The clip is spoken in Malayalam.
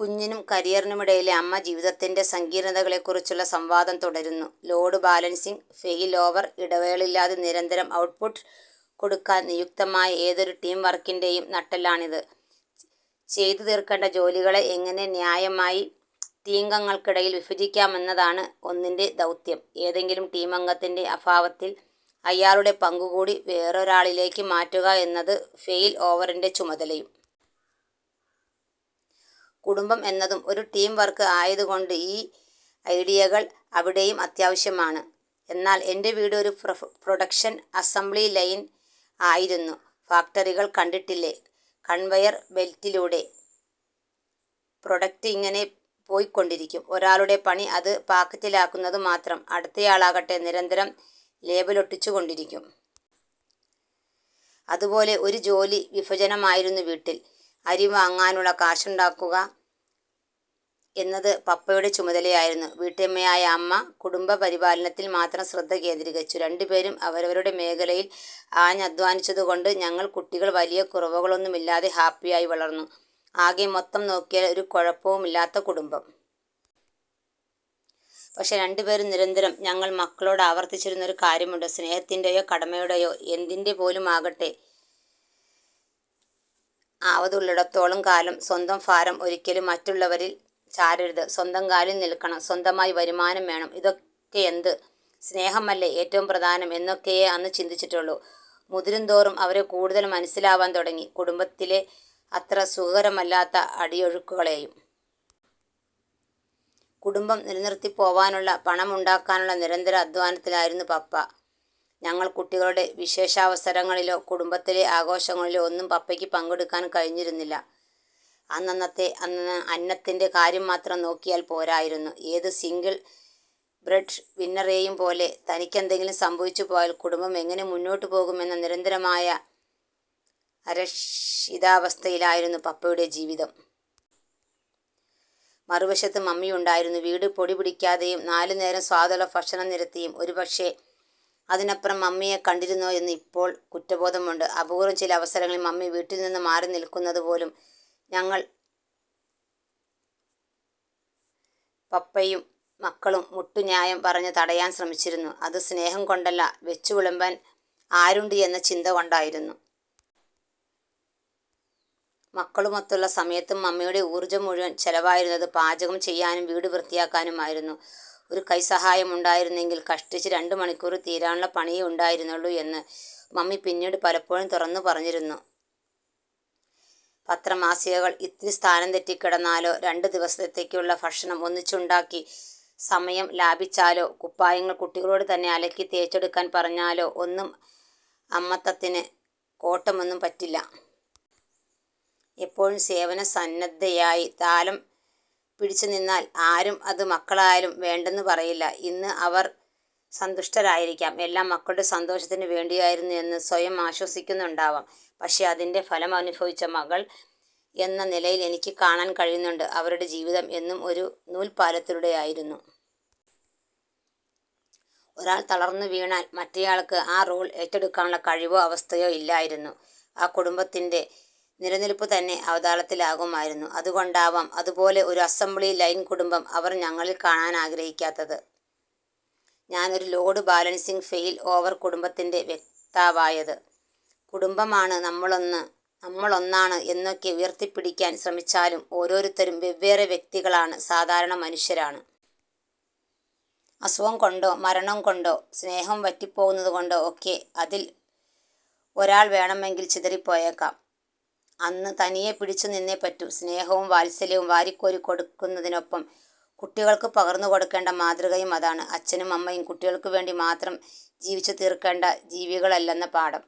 കുഞ്ഞിനും കരിയറിനുമിടയിലെ അമ്മ ജീവിതത്തിൻ്റെ സങ്കീർണ്ണതകളെക്കുറിച്ചുള്ള സംവാദം തുടരുന്നു. Load balancing, failover. ഇടവേളകളില്ലാതെ നിരന്തരം ഔട്ട്പുട്ട് കൊടുക്കാൻ നിയുക്തമായ ഏതൊരു ടീം വർക്കിൻ്റെയും നട്ടെല്ലാണിത്. ചെയ്തു തീർക്കേണ്ട ജോലികളെ എങ്ങനെ ന്യായമായി ടീമംഗങ്ങൾക്കിടയിൽ വിഭജിക്കാം എന്നതാണ് ഒന്നിൻ്റെ ദൗത്യം. ഏതെങ്കിലും ടീമംഗത്തിൻ്റെ അഫാവത്തിൽ അയാളുടെ പങ്കു കൂടി വേറൊരാളിലേക്ക് മാറ്റുക എന്നത് ഫെയിൽ ഓവറിൻ്റെ ചുമതലയും. കുടുംബം എന്നതും ഒരു ടീം വർക്ക് ആയതുകൊണ്ട് ഈ ഐഡിയകൾ അവിടെയും അത്യാവശ്യമാണ്. എന്നാൽ എൻ്റെ വീട് ഒരു പ്ര പ്രൊഡക്ഷൻ അസംബ്ലി ലൈൻ പോലെയായിരുന്നു. ഫാക്ടറികൾ കണ്ടിട്ടില്ലേ, കൺവെയർ ബെൽറ്റിലൂടെ പ്രൊഡക്റ്റ് ഇങ്ങനെ പോയ്ക്കൊണ്ടിരിക്കും. ഒരാളുടെ പണി അത് പാക്കറ്റിലാക്കുന്നത് മാത്രം. അടുത്തയാളാവട്ടെ നിരന്തരം ലേബലൊട്ടിച്ചുകൊണ്ടിരിക്കും. അതുപോലെ ഒരു ജോലി വിഫജനമായിരുന്നു വീട്ടിൽ. അരി വാങ്ങാനുള്ള കാശുണ്ടാക്കുക എന്നത് പപ്പയുടെ ചുമതലയായിരുന്നു. വീട്ടമ്മയായ അമ്മ കുടുംബപരിപാലനത്തിൽ മാത്രം ശ്രദ്ധ കേന്ദ്രീകരിച്ചു. രണ്ടുപേരും അവരവരുടെ മേഖലയിൽ ആഞ്ഞദ്ധ്വാനിച്ചതുകൊണ്ട് ഞങ്ങൾ കുട്ടികൾ വലിയ കുറവുകളൊന്നുമില്ലാതെ ഹാപ്പിയായി വളർന്നു. ആകെ മൊത്തം നോക്കിയാൽ ഒരു കുഴപ്പവുമില്ലാത്ത കുടുംബം. പക്ഷെ രണ്ടുപേരും നിരന്തരം ഞങ്ങൾ മക്കളോടാവർത്തിച്ചിരുന്ന ഒരു കാര്യമുണ്ട്; സ്നേഹത്തിൻ്റെയോ കടമയുടെയോ എന്തിൻ്റെപോലുമാകട്ടെ, ആവതുള്ളിടത്തോളം കാലം സ്വന്തം ഫാരം ഒരിക്കലും മറ്റുള്ളവരിൽ ചാരരുത്. സ്വന്തം കാലിൽ നിൽക്കണം, സ്വന്തമായി വരുമാനം വേണം. ഇതൊക്കെയെന്ത്, സ്നേഹമല്ലേ ഏറ്റവും പ്രധാനം എന്നൊക്കെയേ അന്ന് ചിന്തിച്ചിട്ടുള്ളൂ. മുതിരുന്തോറും അവരെ കൂടുതൽ മനസ്സിലാവാൻ തുടങ്ങി, കുടുംബത്തിലെ അത്ര സുഖകരമല്ലാത്ത അടിയൊഴുക്കുകളെയും. കുടുംബം നിലനിർത്തിപ്പോവാനുള്ള പണമുണ്ടാക്കാനുള്ള നിരന്തര അധ്വാനത്തിലായിരുന്നു പപ്പ. ഞങ്ങൾ കുട്ടികളുടെ വിശേഷാവസരങ്ങളിലോ കുടുംബത്തിലെ ആഘോഷങ്ങളിലോ ഒന്നും പപ്പയ്ക്ക് പങ്കെടുക്കാൻ കഴിഞ്ഞിരുന്നില്ല. അന്നന്നത്തെ അന്ന അന്നത്തിൻ്റെ കാര്യം മാത്രം നോക്കിയാൽ പോരായിരുന്നു. ഏത് സിംഗിൾ ബ്രെഡ് വിന്നറെയും പോലെ, തനിക്കെന്തെങ്കിലും സംഭവിച്ചു പോയാൽ കുടുംബം എങ്ങനെ മുന്നോട്ടു പോകും എന്ന നിരന്തരമായ അരക്ഷിതാവസ്ഥയിലായിരുന്നു പപ്പയുടെ ജീവിതം. മറുവശത്ത് മമ്മിയുണ്ടായിരുന്നു. വീട് പൊടിപിടിക്കാതെയും നാലുനേരം സ്വാദുള്ള ഫഷണം നിരത്തിയും. ഒരുപക്ഷെ അതിനപ്പുറം മമ്മിയെ കണ്ടിരുന്നോ എന്ന് ഇപ്പോൾ കുറ്റബോധമുണ്ട്. അപൂർവ്വം ചില അവസരങ്ങളിൽ മമ്മി വീട്ടിൽ നിന്നും മാറി നിൽക്കുന്നത് പോലും ഞങ്ങൾ പപ്പയും മക്കളും മുട്ടുന്യായം പറഞ്ഞ് തടയാൻ ശ്രമിച്ചിരുന്നു. അത് സ്നേഹം കൊണ്ടല്ല, വെച്ചുവിളമ്പാൻ ആരുണ്ട് എന്ന ചിന്ത കൊണ്ടായിരുന്നു. മക്കളുമൊത്തുള്ള സമയത്തും മമ്മിയുടെ ഊർജ്ജം മുഴുവൻ ചെലവായിരുന്നത് പാചകം ചെയ്യാനും വീടു വൃത്തിയാക്കാനും ആയിരുന്നു. ഒരു കൈസഹായമുണ്ടായിരുന്നെങ്കിൽ കഷ്ടിച്ച് രണ്ടു മണിക്കൂറ് തീരാനുള്ള പണിയേ ഉണ്ടായിരുന്നുള്ളൂ എന്ന് മമ്മി പിന്നീട് പലപ്പോഴും തുറന്നു പറഞ്ഞിരുന്നു. പത്രമാസികകൾ ഇത്തിരി സ്ഥാനം തെറ്റി കിടന്നാലോ, രണ്ടു ദിവസത്തേക്കുള്ള ഭക്ഷണം ഒന്നിച്ചുണ്ടാക്കി സമയം ലാഭിച്ചാലോ, കുപ്പായങ്ങൾ കുട്ടികളോട് തന്നെ അലക്കി തേച്ചെടുക്കാൻ പറഞ്ഞാലോ ഒന്നും അമ്മത്തത്തിന് കോട്ടമൊന്നും പറ്റില്ല. എപ്പോഴും സേവനസന്നദ്ധയായി താലം പിടിച്ചു നിന്നാൽ ആരും, അത് മക്കളായാലും വേണ്ടെന്ന് പറയില്ല. ഇന്ന് അവർ സന്തുഷ്ടരായിരിക്കാം. എല്ലാം മക്കളുടെ സന്തോഷത്തിന് വേണ്ടിയായിരുന്നു എന്ന് സ്വയം ആശ്വസിക്കുന്നുണ്ടാവാം. പക്ഷെ അതിൻ്റെ ഫലമനുഫവിച്ച മകൾ എന്ന നിലയിൽ എനിക്ക് കാണാൻ കഴിയുന്നുണ്ട്, അവരുടെ ജീവിതം എന്നും ഒരു നൂൽപ്പാലത്തിലൂടെയായിരുന്നു. ഒരാൾ തളർന്നു വീണാൽ, മറ്റേയാൾക്ക് ആ റോൾ ഏറ്റെടുക്കാനുള്ള കഴിവോ അവസ്ഥയോ ഇല്ലായിരുന്നു. ആ കുടുംബത്തിൻ്റെ നിലനിൽപു തന്നെ അവതാളത്തിലാകുമായിരുന്നു. അതുകൊണ്ടാവാം, അതുപോലെ ഒരു അസംബ്ലി ലൈൻ കുടുംബം അവർ ഞങ്ങളിൽ കാണാനാഗ്രഹിക്കാത്തത്. ഞാൻ ഒരു ലോഡ് ബാലൻസിംഗ് ഫെയിൽ ഓവർ കുടുംബത്തിൻ്റെ വെക്താവായത്. കുടുംബമാണ്, നമ്മളൊന്ന് നമ്മളൊന്നാണ് എന്നൊക്കെ ഉയർത്തിപ്പിടിക്കാൻ ശ്രമിച്ചാലും ഓരോരുത്തരും വെവ്വേറെ വ്യക്തികളാണ്, സാധാരണ മനുഷ്യരാണ്. അസുഖം കൊണ്ടോ മരണം കൊണ്ടോ സ്നേഹം വറ്റിപ്പോകുന്നതുകൊണ്ടോ ഒക്കെ അതിൽ ഒരാൾ വേണമെങ്കിൽ ചിതറിപ്പോയേക്കാം. അന്ന് തനിയെ പിടിച്ചു നിന്നേ പറ്റൂ. സ്നേഹവും വാത്സല്യവും വാരിക്കോരി കൊടുക്കുന്നതിനൊപ്പം കുട്ടികൾക്ക് പകർന്നു കൊടുക്കേണ്ട മാതൃകയും അതാണ്. അച്ഛനും അമ്മയും കുട്ടികൾക്ക് വേണ്ടി മാത്രം ജീവിച്ചു തീർക്കേണ്ട ജീവികളല്ലെന്ന പാഠം.